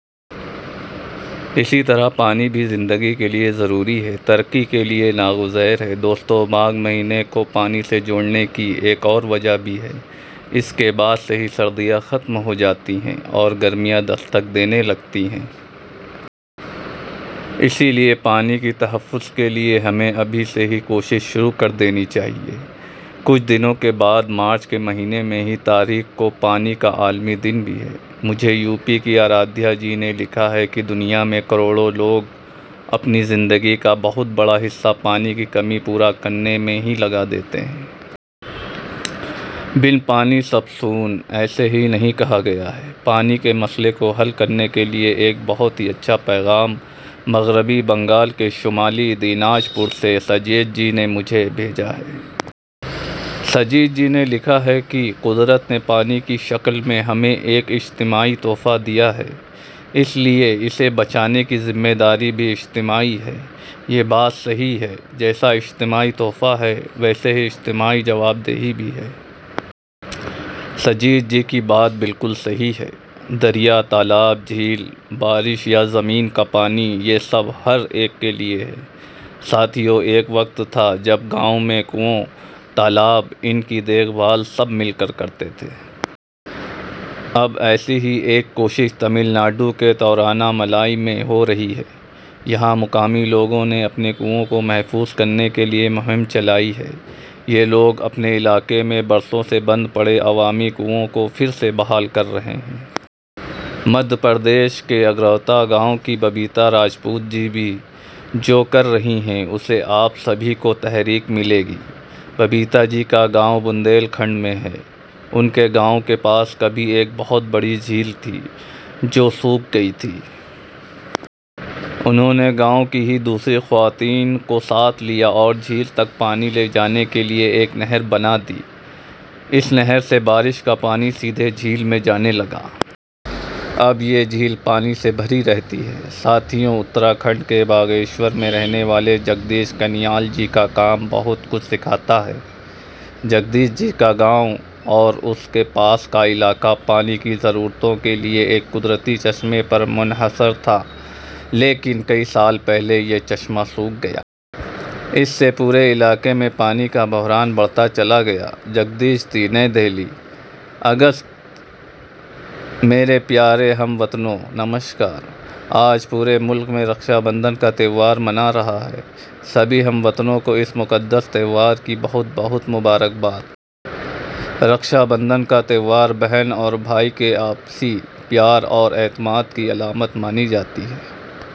اسی طرح پانی بھی زندگی کے لئے ضروری ہے ، ترقی کے لئے نا گزیر ہے۔ دوستو ، ماگھ مہینے کو پانی سے جوڑنے کی ایک اور وجہ بھی ہے۔ اس کے بعد سے ہی سردیاں ختم ہو جاتی ہیں اور گرمیاں دستک دینے لگتی ہیں۔ اس لئے پانی کے تحفظ کے لئے ہمیں ابھی سے ہی کوششیں شروع کر دینی چاہئیں۔ کچھ دنوں بعد مارچ کے مہینے میں ہی تاریخ کو پانی کا عالمی دن بھی ہے۔ مجھے یو پی کی آرادھیا جی نے لکھا ہے کہ دنیا میں کروڑوں لوگ اپنی زندگی کا بہت بڑا حصہ پانی کی کمی کو پورا کرنے میں ہی لگا دیتے ہیں۔ 'بن پانی سب سون ' ایسے ہی نہیں کہا گیا ہے۔ پانی کے مسئلے کو حل کرنے کے لئے ایک بہت ہی اچھا پیغام مغربی بنگال کے شمالی دیناج پور سے سجیت جی نے مجھے بھیجا ہے۔ سجیت جی نے لکھا ہے کہ قدرت نے پانی کی شکل میں ہمیں ایک اجتماعی تحفہ دیا ہے۔ اس لئے اِسے بچانے کی ذمہ داری بھی اجتماعی ہے۔ یہ بات صحیح ہے ، جیسا اجتماعی تحفہ ہے ، ویسے ہی اجتماعی جوابدہی بھی ہے۔ سجیت جی کی بات بالکل صحیح ہے۔ دریا ، تالاب ، جھیل ، بارش یا زمین کا پانی یہ سب ہر ایک کے لئے ہیں۔ ساتھیو ، ایک وقت تھا ، جب گاؤں میں کنویں ، تالاب ، اِن کی دیکھ بھال سب مل کر کرتے تھے۔ اب ایسی ہی ایک کوشش تمل ناڈو کے ترووناّ ملائی میں ہو رہی ہے۔ یہاں مقامی لوگوں نے اپنے کنووں کو محفوظ کرنے کے لئے مہم چلائی ہے۔ یہ لوگ اپنے علاقے میں برسوں سے بند پڑے عوامی کنووں کو پھر سے بحال کر رہے ہیں۔ مدھیہ پردیش کے اگروتھا گاؤں کی ببیتا راجپوت جی بھی ، جو کر رہی ہیں ، اُس سے آپ سبھی کو تحریک ملے گی۔ ببیتا جی کا گاؤں بندیل کھنڈ میں ہے۔ اُن کے گاؤں کے پاس کبھی ایک بہت بڑی جھیل تھی ، جو سوکھ گئی تھی۔ انہوں نے گاؤں کی ہی دوسری خواتین کو ساتھ لیا اور جھیل تک پانی لے جانے کے لئے ایک نہر بنا دی۔ اس نہر سے بارش کا پانی سیدھے جھیل میں جانے لگا۔ اب یہ جھیل پانی سے بھری رہتی ہے۔ ساتھیو ، اترا کھنڈ کے باگیشور میں رہنے والے جگدیش کنیال جی کا کام بھی بہت کچھ سکھاتا ہے۔ جگدیش جی کا گاؤں اور آس پاس کا علاقہ پانی کی ضرورتوں کے لئے ایک قدرتی چشمہ پر منحصر تھا لیکن کئی سال پہلے یہ چشمہ سوکھ گیا۔ اس سے پورے علاقے میں پانی کا بحران بڑھتا چلا گیا۔ جگدیش جی. نئی دہلی۔ اگست میرے پیارے ہم وطنوں! نمسکار۔ آج پورا ملک رکشا بندھن کا تہوار منا رہا ہے۔ سبھی ہم وطنوں کو اس مقدس تہوار کی بہت بہت مبارکباد۔ رکشا بندھن کا تہوار بہن اور بھائی کے آپسی پیار اور اعتماد کی علامت مانی جاتی ہے۔